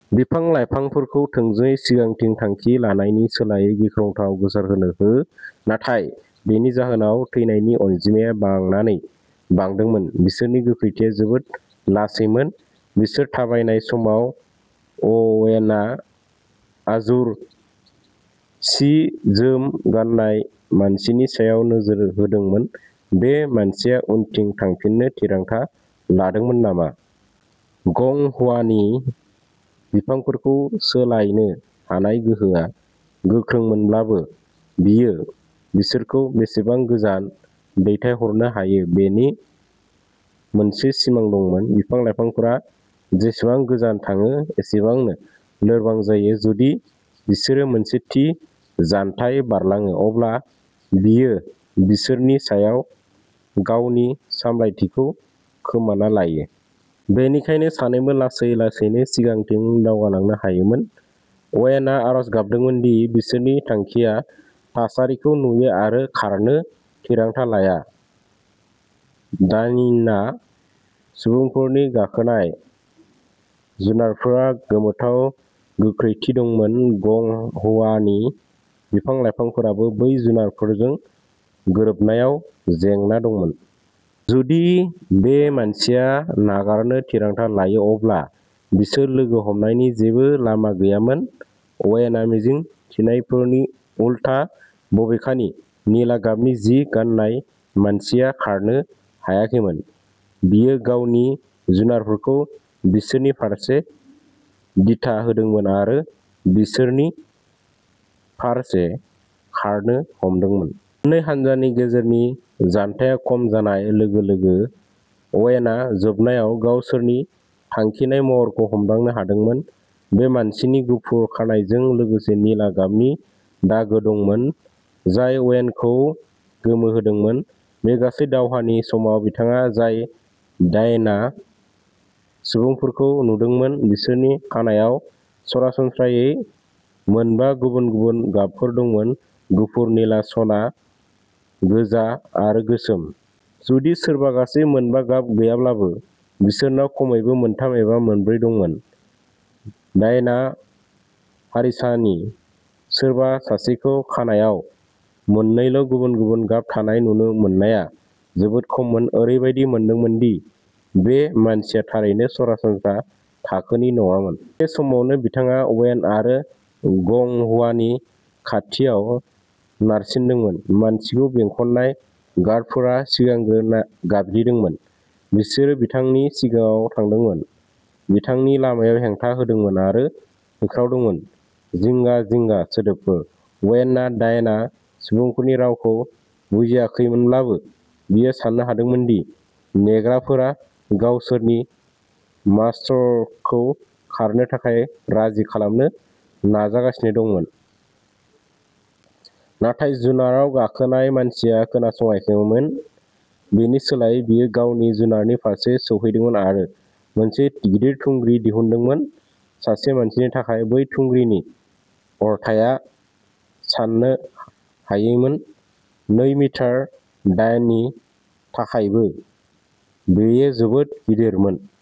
बिफां-लाइफांफोरखौ थोंजोङै सिगांथिं थांखि लानायनि सोलायै गिख्रंथावै गोसारहोनो हो। नाथाय बेनि जाहोनाव, थैनायनि अनजिमाया बांनानै बांदोंमोन। बिसोरनि गोख्रैथिया जोबोद लासैमोन। बिसोर थाबायनाय समाव, अवेनआ आजुर सि-जोम गाननाय मानसिनि सायाव नोजोर होदोंमोन। बे मानसिया उनथिं थांफिननो थिरांथा लादोंमोन नामा? गं हुआनि बिफांफोरखौ सोलायनो हानाय गोहोआ गोख्रोंमोनब्लाबो, बियो बिसोरखौ बेसेबां गोजान दैथायहरनो हायो बेनि मोनसे सिमा दंमोन। बिफां-लाइफांफोरा जेसेबां गोजान थाङो, एसेबांनो लोरबां जायो। जुदि बिसोरो मोनसे थि जानथाय बारलाङो, अब्ला बियो बिसोरनि सायाव गावनि सामलायथिखौ खोमाना लायो। बेनिखायनो सानैबो लासै लासैनो सिगांथिं दावगालांनो हायोमोन। अवेनआ आरज गाबदोंमोन दि बिसोरनि थांखिया थासारिखौ नुयै आरो खारनो थिरांथा लाया। दान्या सुबुंफोरनि गाखोनाय जुनारफोरा गोमोथाव गोख्रैथि दंमोन। गं हुआनि बिफां-लाइफांफोराबो बै जुनारफोरजों गोरोबनायाव जेंना दंमोन। जुदि बे मानसिया नागारनो थिरांथा लायो, अब्ला बिसोर लोगो हमनायनि जेबो लामा गैयामोन। अवेनआ मिजिं थिनायफोरनि उलथा, बबेखानि, निला गाबनि जि गाननाय मानसिया खारनो हायाखैमोन, बियो गावनि जुनारखौ बिसोरनि फारसे दिथा होदोंमोन आरो बिसोरनि फारसे खारनो हमदोंमोन। मोन्नै हान्जानि गेजेरनि जानथाया खम जानाय लोगो-लोगो, अवेनआ जोबनायाव गावसोरनि थांखिनाय महरखौ हमदांनो हादोंमोन। बे मानसिनि गुफुर खानाइजों लोगोसे निला गाबनि दागो दंमोन, जाय अवेनखौ गोमोहोदोंमोन। बे गासै दावहानि समाव, बिथाङा जाय दान्या सुबुंफोरखौ नुदोंमोन, बिसोरनि खानाइआव सरासनस्रायै मोनबा गुबुन-गुबुन गाबफोर दंमोन-गुफुर, निला, सना, गोजा आरो गोसोम। जुदि सोरबा गासै मोनबा गाब गैयाब्लाबो, बिसोरनाव खमैबो मोनथाम एबा मोनब्रै दंमोन। दान्या हारिसानि सोरबा सासेखौ खानाइआव मोननैल'गुबुन-गुबुन गाब थानाय नुनो मोननाया जोबोद खममोन। ओरैबायदि मोनदोंमोन दि बे मानसिया थारैनो सरासनस्रा थाखोनि नङामोन। एखे समावनो, बिथाङा अवेन आरो गं हुआनि खाथियाव नारसिनदोंमोन। मानसिखौ बेंखननाय गार्डफोरा सिगांग्रो गाबज्रिदोंमोन। बिसोरो बिथांनि सिगाङाव थांदोंमोन, बिथांनि लामायाव हेंथा होदोंमोन, आरो होख्रावदोंमोन। जिंगा-जिंगा सोदोबफोर। अवेनआ दान्या सुबुंफोरनि रावखौ बुजियाखैमोनब्लाबो, बियो सान्नो हादोंमोन दि नेग्राफोरा गावसोरनि मास्तरखौ खारनो थाखाय राजि खालामनो नाजागासिनो दंमोन। नाथाय जुनारआव गाखोनाय मानसिया खोनासङाखैमोन। बिनि सोलायै, बियो गावनि जुनारनि फारसे सौहैदोंमोन आरो मोनसे गिदिर थुंग्रि दिहुनदोंमोन। सासे मानसिनि थाखाय, बै थुंग्रिनि अरथाइया साननो हायैमोन। नै मिटार दान्यानि थाखायबो, बेयो जोबोद गिदिरमोन।